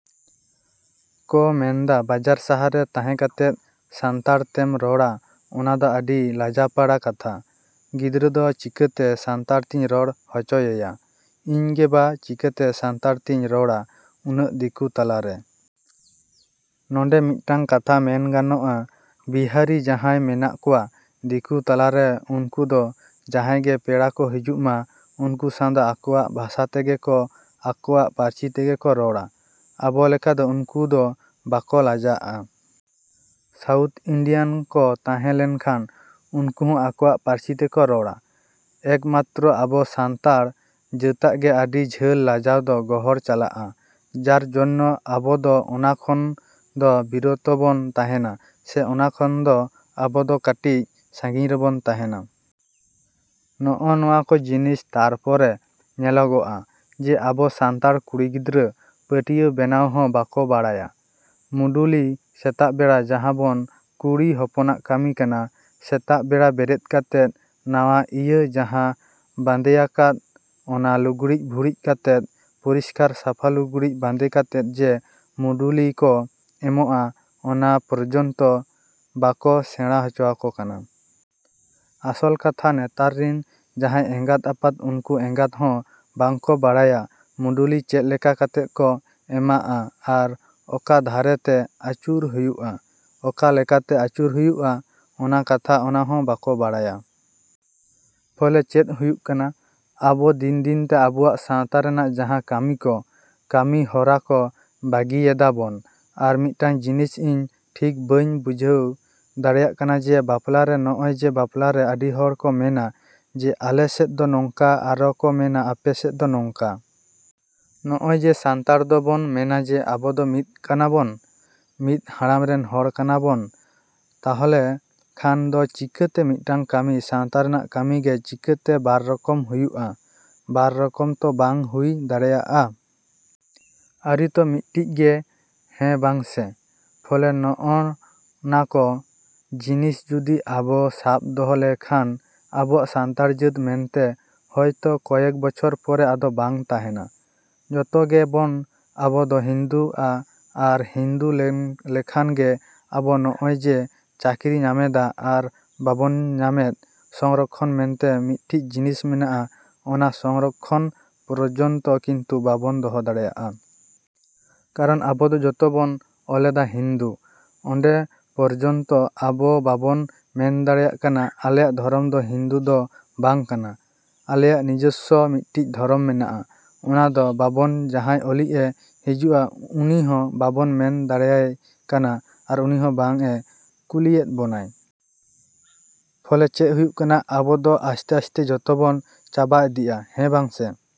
ᱠᱚ ᱢᱮᱱᱫᱟ ᱵᱟᱡᱟᱨ ᱥᱟᱦᱟᱨ ᱨᱮ ᱛᱟᱦᱮᱸ ᱠᱟᱛᱮᱫ ᱥᱟᱱᱛᱟᱲ ᱛᱮᱢ ᱨᱚᱲᱟ ᱚᱱᱟ ᱫᱚ ᱟᱹᱰᱤ ᱞᱟᱡᱟᱯᱟᱲᱟ ᱠᱟᱛᱷᱟ᱾ ᱜᱤᱫᱽᱨᱟᱹ ᱫᱚ ᱪᱤᱠᱟᱹᱛᱮ ᱥᱟᱱᱛᱟᱲ ᱛᱤᱧ ᱨᱚᱲ ᱦᱚᱪᱚᱭᱮᱭᱟ? ᱤᱧ ᱜᱮ ᱵᱟ ᱪᱤᱠᱟᱹᱛᱮ ᱥᱟᱱᱛᱟᱲ ᱛᱤᱧ ᱨᱚᱲᱟ ᱩᱱᱟᱹᱜ ᱫᱤᱠᱩ ᱛᱟᱞᱟ ᱨᱮ᱾ ᱱᱚᱰᱮ ᱢᱤᱫᱴᱟᱹᱝ ᱠᱟᱛᱷᱟ ᱢᱮᱱ ᱜᱟᱱᱚᱜᱼᱟ ᱵᱤᱦᱟᱨᱤ ᱡᱟᱦᱟᱸᱭ ᱢᱮᱱᱟᱜ ᱠᱚᱣᱟ ᱫᱤᱠᱩ ᱛᱟᱞᱟ ᱨᱮ ᱩᱱᱠᱩ ᱫᱚ ᱡᱟᱦᱟᱸᱭ ᱜᱮ ᱯᱮᱲᱟ ᱠᱚ ᱦᱤᱡᱩᱜ ᱢᱟ ᱩᱱᱠᱩ ᱥᱟᱶ ᱫᱚ ᱟᱠᱚᱣᱟᱜ ᱵᱷᱟᱥᱟ ᱛᱮᱜᱮ ᱠᱚ ᱟᱠᱚᱣᱟᱜ ᱯᱟᱹᱨᱥᱤ ᱛᱮᱜᱮ ᱠᱚ ᱨᱚᱲᱟ᱾ ᱟᱵᱚ ᱞᱮᱠᱟ ᱫᱚ ᱩᱱᱠᱩ ᱫᱚ ᱵᱟᱠᱚ ᱞᱟᱡᱟᱜᱼᱟ᱾ ᱥᱟᱣᱩᱛᱷ ᱤᱱᱰᱤᱭᱟᱱ ᱠᱚ ᱛᱟᱦᱮᱸ ᱞᱮᱱᱠᱷᱟᱱ ᱩᱱᱠᱩ ᱦᱚᱸ ᱟᱠᱚᱣᱟᱜ ᱯᱟᱹᱨᱥᱤ ᱛᱮᱠᱚ ᱨᱚᱲᱟ᱾ ᱮᱠ ᱢᱟᱛᱨᱚ ᱟᱵᱚ ᱥᱟᱱᱛᱟᱲ ᱡᱟᱹᱛᱟᱜ ᱜᱮ ᱟᱹᱰᱤ ᱡᱷᱟᱹᱞ ᱞᱟᱡᱟᱣ ᱫᱚ ᱜᱚᱦᱚᱲ ᱪᱟᱞᱟᱜᱼᱟ ᱡᱟᱨ ᱡᱚᱱᱱᱚ ᱟᱵᱚ ᱫᱚ ᱚᱱᱟ ᱠᱷᱚᱱ ᱫᱚ ᱵᱤᱨᱚᱛᱚ ᱵᱚᱱ ᱛᱟᱦᱮᱱᱟ ᱥᱮ ᱚᱱᱟ ᱠᱷᱚᱱ ᱫᱚ ᱟᱵᱚ ᱫᱚ ᱠᱟᱹᱴᱤᱡ ᱥᱟᱺᱜᱤᱧ ᱨᱮ ᱵᱚᱱ ᱛᱟᱦᱮᱱᱟ᱾ ᱱᱚᱜᱼᱚ ᱱᱚᱣᱟ ᱠᱚ ᱡᱤᱱᱤᱥ ᱛᱟᱨᱯᱚᱨᱮ ᱧᱮᱞᱚᱜᱚᱜᱼᱟ ᱡᱮ ᱟᱵᱚ ᱥᱟᱱᱛᱟᱲ ᱠᱩᱲᱤ ᱜᱤᱫᱽᱨᱟᱹ ᱯᱟᱹᱴᱭᱟᱹ ᱵᱮᱱᱟᱣ ᱦᱚᱸ ᱵᱟᱠᱚ ᱵᱟᱲᱟᱭᱟ᱾ ᱢᱩᱰᱩᱞᱤ ᱥᱮᱛᱟᱜ ᱵᱮᱲᱟ ᱡᱟᱦᱟᱸ ᱵᱚᱱ ᱠᱩᱲᱤ ᱦᱚᱯᱚᱱᱟᱜ ᱠᱟᱹᱢᱤ ᱠᱟᱱᱟ ᱥᱮᱛᱟᱜ ᱵᱮᱲᱟ ᱵᱮᱨᱮᱫ ᱠᱟᱛᱮᱫ ᱱᱟᱣᱟ ᱤᱭᱟᱹ ᱡᱟᱦᱟᱸ ᱵᱟᱸᱫᱮᱣᱟᱠᱟᱫ ᱚᱱᱟ ᱞᱩᱜᱽᱲᱤᱡ ᱵᱷᱩᱲᱤᱡ ᱠᱟᱛᱮᱫ ᱯᱚᱨᱤᱥᱠᱟᱨ ᱥᱟᱯᱷᱟ ᱞᱩᱜᱽᱲᱤᱡ ᱵᱟᱸᱫᱮ ᱠᱟᱛᱮᱫ ᱡᱮ ᱢᱩᱰᱩᱞᱤ ᱠᱚ ᱮᱢᱚᱜᱼᱟ ᱚᱱᱟ ᱯᱚᱨᱡᱚᱱᱛᱚ ᱵᱟᱠᱚ ᱥᱮᱬᱟ ᱦᱚᱪᱚᱣᱟᱠᱚ ᱠᱟᱱᱟ᱾ ᱟᱥᱚᱞ ᱠᱟᱛᱷᱟ ᱱᱮᱛᱟᱨ ᱨᱤᱱ ᱡᱟᱦᱟᱸᱭ ᱮᱸᱜᱟᱛ ᱟᱯᱟᱛ ᱩᱱᱠᱩ ᱮᱸᱜᱟᱛ ᱦᱚᱸ ᱵᱟᱝ ᱠᱚ ᱵᱟᱲᱟᱭᱟ ᱢᱩᱰᱩᱞᱤ ᱪᱮᱫ ᱞᱮᱠᱟ ᱠᱟᱛᱮᱫ ᱠᱚ ᱮᱢᱟᱜᱼᱟ ᱟᱨ ᱚᱠᱟ ᱫᱷᱟᱨᱮ ᱛᱮ ᱟᱹᱪᱩᱨ ᱦᱩᱭᱩᱜᱼᱟ, ᱚᱠᱟ ᱞᱮᱠᱟ ᱛᱮ ᱟᱹᱪᱩᱨ ᱦᱩᱭᱩᱜᱼᱟ ᱚᱱᱟ ᱠᱟᱛᱷᱟ ᱚᱱᱟ ᱦᱚᱸ ᱵᱟᱠᱚ ᱵᱟᱲᱟᱭᱟ᱾ ᱯᱷᱚᱞᱮ ᱪᱮᱫ ᱦᱩᱭᱩᱜ ᱠᱟᱱᱟ ᱟᱵᱚ ᱫᱤᱱ ᱫᱤᱱ ᱛᱮ ᱟᱵᱚᱣᱟᱜ ᱥᱟᱶᱛᱟ ᱨᱮᱱᱟᱜ ᱡᱟᱦᱟᱸ ᱠᱟᱹᱢᱤ ᱠᱚ, ᱠᱟᱹᱢᱤ ᱦᱚᱨᱟ ᱠᱚ ᱵᱟᱹᱜᱤᱭᱮᱫᱟ ᱵᱚᱱ᱾ ᱟᱨ ᱢᱤᱫᱴᱟᱹᱝ ᱡᱤᱱᱤᱥ ᱤᱧ ᱴᱷᱤᱠ ᱵᱟᱹᱧ ᱵᱩᱡᱷᱟᱹᱣ ᱫᱟᱲᱮᱭᱟᱜ ᱠᱟᱱᱟ ᱡᱮ ᱵᱟᱯᱞᱟ ᱨᱮ ᱱᱚᱜᱼᱚᱭ ᱡᱮ ᱵᱟᱯᱞᱟ ᱨᱮ ᱟᱹᱰᱤ ᱦᱚᱲ ᱠᱚ ᱢᱮᱱᱟ ᱡᱮ ᱟᱞᱮ ᱥᱮᱫ ᱫᱚ ᱱᱚᱝᱠᱟ ᱟᱨᱚ ᱠᱚ ᱢᱮᱱᱟ ᱟᱯᱮ ᱥᱮᱫ ᱫᱚ ᱱᱚᱝᱠᱟ᱾ ᱱᱚᱜᱼᱚᱭ ᱡᱮ ᱥᱟᱱᱛᱟᱲ ᱫᱚ ᱵᱚᱱ ᱢᱮᱱᱟ ᱡᱮ ᱟᱵᱚ ᱫᱚ ᱢᱤᱫ ᱠᱟᱱᱟ ᱵᱚᱱ, ᱢᱤᱫ ᱦᱟᱲᱟᱢ ᱨᱤᱱ ᱦᱚᱲ ᱠᱟᱱᱟ ᱵᱚᱱ᱾ ᱛᱟᱦᱞᱮ ᱠᱷᱟᱱ ᱫᱚ ᱪᱤᱠᱟᱹᱛᱮ ᱢᱤᱫᱴᱟᱹᱝ ᱠᱟᱹᱢᱤ ᱥᱟᱶᱛᱟ ᱨᱮᱱᱟᱜ ᱠᱟᱹᱢᱤ ᱜᱮ ᱪᱤᱠᱟᱹᱛᱮ ᱵᱟᱨ ᱨᱚᱠᱚᱢ ᱦᱩᱭᱩᱜᱼᱟ? ᱵᱟᱨ ᱨᱚᱠᱚᱢ ᱛᱚ ᱵᱟᱝ ᱦᱩᱭ ᱫᱟᱲᱮᱭᱟᱜᱼᱟ᱾ ᱟᱹᱨᱤ ᱛᱚ ᱢᱤᱫᱴᱤᱡ ᱜᱮ ᱦᱮᱸ ᱵᱟᱝ ᱥᱮ? ᱯᱷᱚᱞᱮ ᱱᱚᱜᱼᱚ ᱱᱟᱠᱚ ᱡᱤᱱᱤᱥ ᱡᱩᱫᱤ ᱟᱵᱚ ᱥᱟᱵᱽ ᱫᱚᱦᱚ ᱞᱮᱠᱷᱟᱱ ᱟᱵᱚᱣᱟᱜ ᱥᱟᱱᱛᱟᱲ ᱡᱟᱹᱛ ᱢᱮᱱᱛᱮ ᱦᱚᱭᱛᱚ ᱠᱚᱭᱮᱠ ᱵᱚᱪᱷᱚᱨ ᱯᱚᱨᱮ ᱟᱫᱚ ᱵᱟᱝ ᱛᱟᱦᱮᱱᱟ᱾ ᱡᱚᱛᱚ ᱜᱮ ᱵᱚᱱ ᱟᱵᱚ ᱫᱚ ᱦᱤᱱᱫᱩᱼᱟ ᱟᱨ ᱦᱤᱱᱫᱩ ᱞᱮᱠᱷᱟᱱ ᱜᱮ ᱟᱵᱚ ᱱᱚᱜᱼᱚᱭ ᱡᱮ ᱪᱟᱹᱠᱨᱤ ᱧᱟᱢᱮᱫ ᱟᱨ ᱵᱟᱵᱚᱱ ᱧᱟᱢᱮᱫ ᱥᱚᱝᱨᱚᱠᱠᱷᱚᱱ ᱢᱮᱱᱛᱮ ᱢᱤᱫᱴᱤᱡ ᱡᱤᱱᱤᱥ ᱢᱮᱱᱟᱜᱼᱟ ᱚᱱᱟ ᱥᱚᱝᱨᱚᱠᱠᱷᱚᱱ ᱯᱚᱨᱡᱚᱱᱛᱚ ᱠᱤᱱᱛᱩ ᱵᱟᱵᱚᱱ ᱫᱚᱦᱚ ᱫᱟᱲᱮᱭᱟᱜᱼᱟ᱾ ᱠᱟᱨᱚᱱ ᱟᱵᱚ ᱫᱚ ᱡᱚᱛᱚ ᱵᱚᱱ ᱚᱞᱮᱫᱟ ᱦᱤᱱᱫᱩ᱾ ᱚᱸᱰᱮ ᱯᱚᱨᱡᱚᱱᱛᱚ ᱟᱵᱚ ᱵᱟᱵᱚᱱ ᱢᱮᱱ ᱫᱟᱲᱮᱭᱟᱜ ᱠᱟᱱᱟ ᱟᱞᱮᱭᱟᱜ ᱫᱷᱚᱨᱚᱢ ᱫᱚ ᱦᱤᱱᱫᱩ ᱫᱚ ᱵᱟᱝ ᱠᱟᱱᱟ, ᱟᱞᱮᱭᱟᱜ ᱱᱤᱡᱚᱥᱥᱚ ᱢᱤᱫᱴᱤᱡ ᱫᱷᱚᱨᱚᱢ ᱢᱮᱱᱟᱜᱼᱟ᱾ ᱚᱱᱟ ᱫᱚ ᱵᱟᱵᱚᱱ ᱡᱟᱦᱟᱸᱭ ᱚᱞᱤᱡ ᱮ ᱦᱤᱡᱩᱜᱼᱮ ᱩᱱᱤ ᱦᱚᱸ ᱵᱟᱵᱚᱱ ᱢᱮᱱ ᱫᱟᱲᱮᱭᱟᱭ ᱠᱟᱱᱟ ᱟᱨ ᱩᱱᱤ ᱦᱚᱸ ᱵᱟᱝ ᱮ ᱠᱩᱞᱤᱭᱮᱫ ᱵᱚᱱᱟᱭ᱾ ᱯᱷᱚᱞᱮ ᱪᱮᱫ ᱦᱩᱭᱩᱜ ᱠᱟᱱᱟ ᱟᱵᱚ ᱫᱚ ᱟᱥᱛᱮᱼᱟᱥᱛᱮ ᱡᱚᱛᱚ ᱵᱚᱱ ᱪᱟᱵᱟ ᱤᱫᱤᱜᱼᱟ᱾ ᱦᱮᱸ ᱵᱟᱝ ᱥᱮ᱾